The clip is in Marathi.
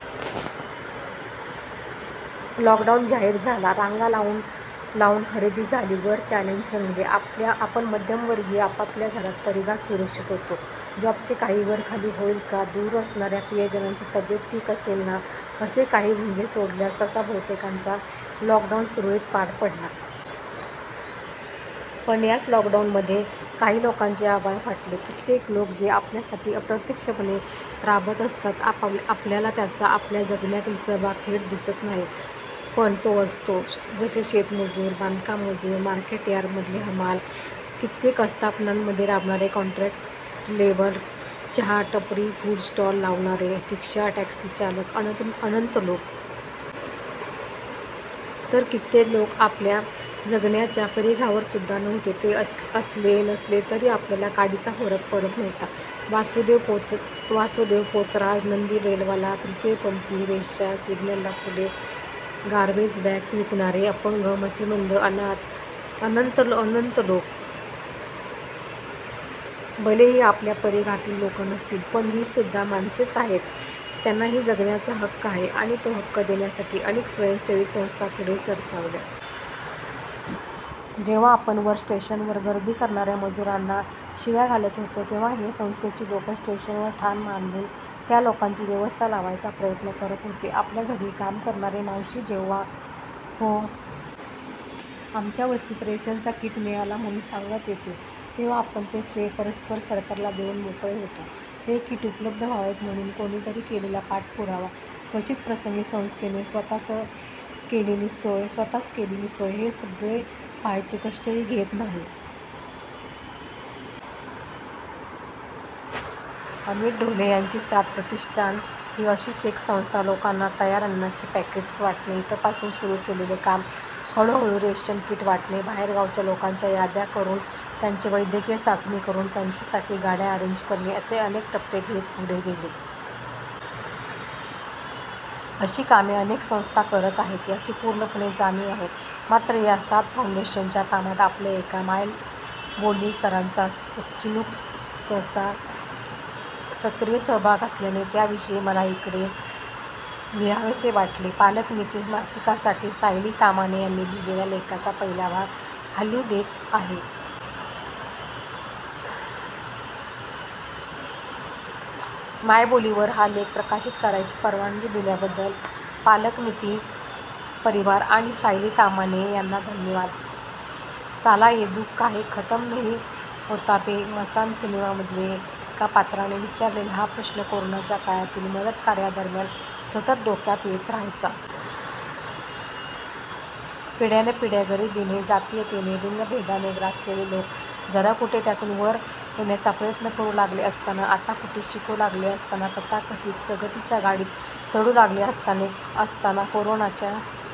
लॉकडाऊन जाहीर झाला, रांगा लावून लावून खरेदी झाली, वर चॅलेंज रंगले, आपण मध्यमवर्गीय आपापल्या घरात परिघात सुरक्षित होतो, जॉब चे काही वरखाली होईल का?दूर असणाऱ्या प्रियजनांची तब्येत ठीक असेल ना? असे काही भुंगे सोडल्यास तसा बहुतेकांचा लॉक डाऊन सुरळीत पार पडला. पण याच लॉक डाऊन मध्ये काही लोकांचे आभाळ फाटले, कित्येक लोक, जे आपल्यासाठी अप्रत्यक्ष पणे राबत असतात, आपल्याला त्यांचा आपल्या जगण्यातील सहभाग थेट दिसत नाही पण तो असतो, जसे शेतमजूर, बांधकाम मजूर, मार्केट यार्ड मधले हमाल, कित्येक अस्थापनांमध्ये राबणारे कॉन्ट्रॅक्ट लेबर, चहा, टपरी, फूड स्टॉल लावणारे, रिक्षा, टॅक्सी चालक अनंत लोक. तर कित्येक लोक आपल्या जगण्याच्या परिघावर सुद्धा नव्हते. ते असले, नसले तरी आपल्याला काडीचा फरक पडत नव्हता, वासुदेव, वासुदेव, पोतराज, नंदीबैलवाला, तृतीयपंथी, वेश्या, सिग्नल ला फुले, गारबेज बॅग्स विकणारे, अपंग, मतिमंद, अनाथ अनंत अनंत लोक, भले ही आपल्या परिघातली लोकं नसतील, पण ही सुद्धा माणसेच आहेत, त्यांना ही जगण्याचा हक्क आहे, आणि तो हक्क देण्यासाठी अनेक स्वयंसेवी संस्था पुढे सरसावल्या. जेव्हा आपण वर स्टेशन वर गर्दी करणाऱ्या मजुरांना शिव्या घालत होतो, तेव्हा हे संस्थेची लोक स्टेशन वर ठाण मांडून त्या लोकांची व्यवस्था लावायचा प्रयत्न करत होते. आपल्या घरी काम करणारी मावशी जेव्हा "हो, आमच्या वस्तीत रेशन चा किट मिळाला" म्हणून सांगत येते, तेव्हा आपण ते श्रेय परस्पर सरकार ला देऊन मोकळे होतो, हे किट उपलब्ध व्हावेत म्हणू कोणीतरी केलेला पाठपुरावा, क्वचित प्रसंगी संस्थेने स्वतः च केलेली सोय स्वतःच केलेली सोय हे सगळे पहायचे कष्ट ही घेत नाही. अमित ढोले यांची साद प्रतिष्ठान ही अशीच एक संस्था, लोकांना तयार अन्नाची पॅकेट्स वाटणे, इथपासून सुरू केलेले काम, हळू-हळू रेशन किट वाटणे, बाहेर गावच्या लोकांच्या याद्या करून, त्यांची वैद्यकीय चाचणी करून, त्यांच्या साठी गाड्या अरेंज करणे असे अनेक टप्पे घेत पुढे गेले. अशी कामे अनेक संस्था करत आहेत याची पूर्णपणे जाणीव आहे. मात्र या साद फाउंडेशन च्या कामात आपल्या एका मायबोलीकराचा, चिनुक्सचा सक्रिय सहभाग असल्याने त्या विषयी मला इकडे लिहावेसे वाटले. पालकनिती मासिका साठी सायली तामाणे यांनी लिहिलेल्या लेखाचा पहिला भाग खाली देत आहे. मायबोली वर हा लेख प्रकाशित करायची परवानगी दिल्या बद्दल पालकनिती परिवार आणि सायली तामाणे यांना धन्यवाद. साला ये दुख काहे खतम नही होता बे? मसान सिनेमामधील एका पात्राने विचारलेला हा प्रश्न कोरोनाच्या काळातील मदतकार्यादरम्यान सतत डोक्यात येत राहायचा. पिढ्यानपिढ्या गरिबीने, जातीयतेने, लिंगभेदाने ग्रासलेले लोक जरा कुठे त्यातून वर येण्याचा प्रयत्न करू लागले असताना, आता कुठे शिकू लागले असताना, तथाकथित प्रगतीच्या गाडीत चढू लागले असतेने ‌असताना कोरोनाच्या--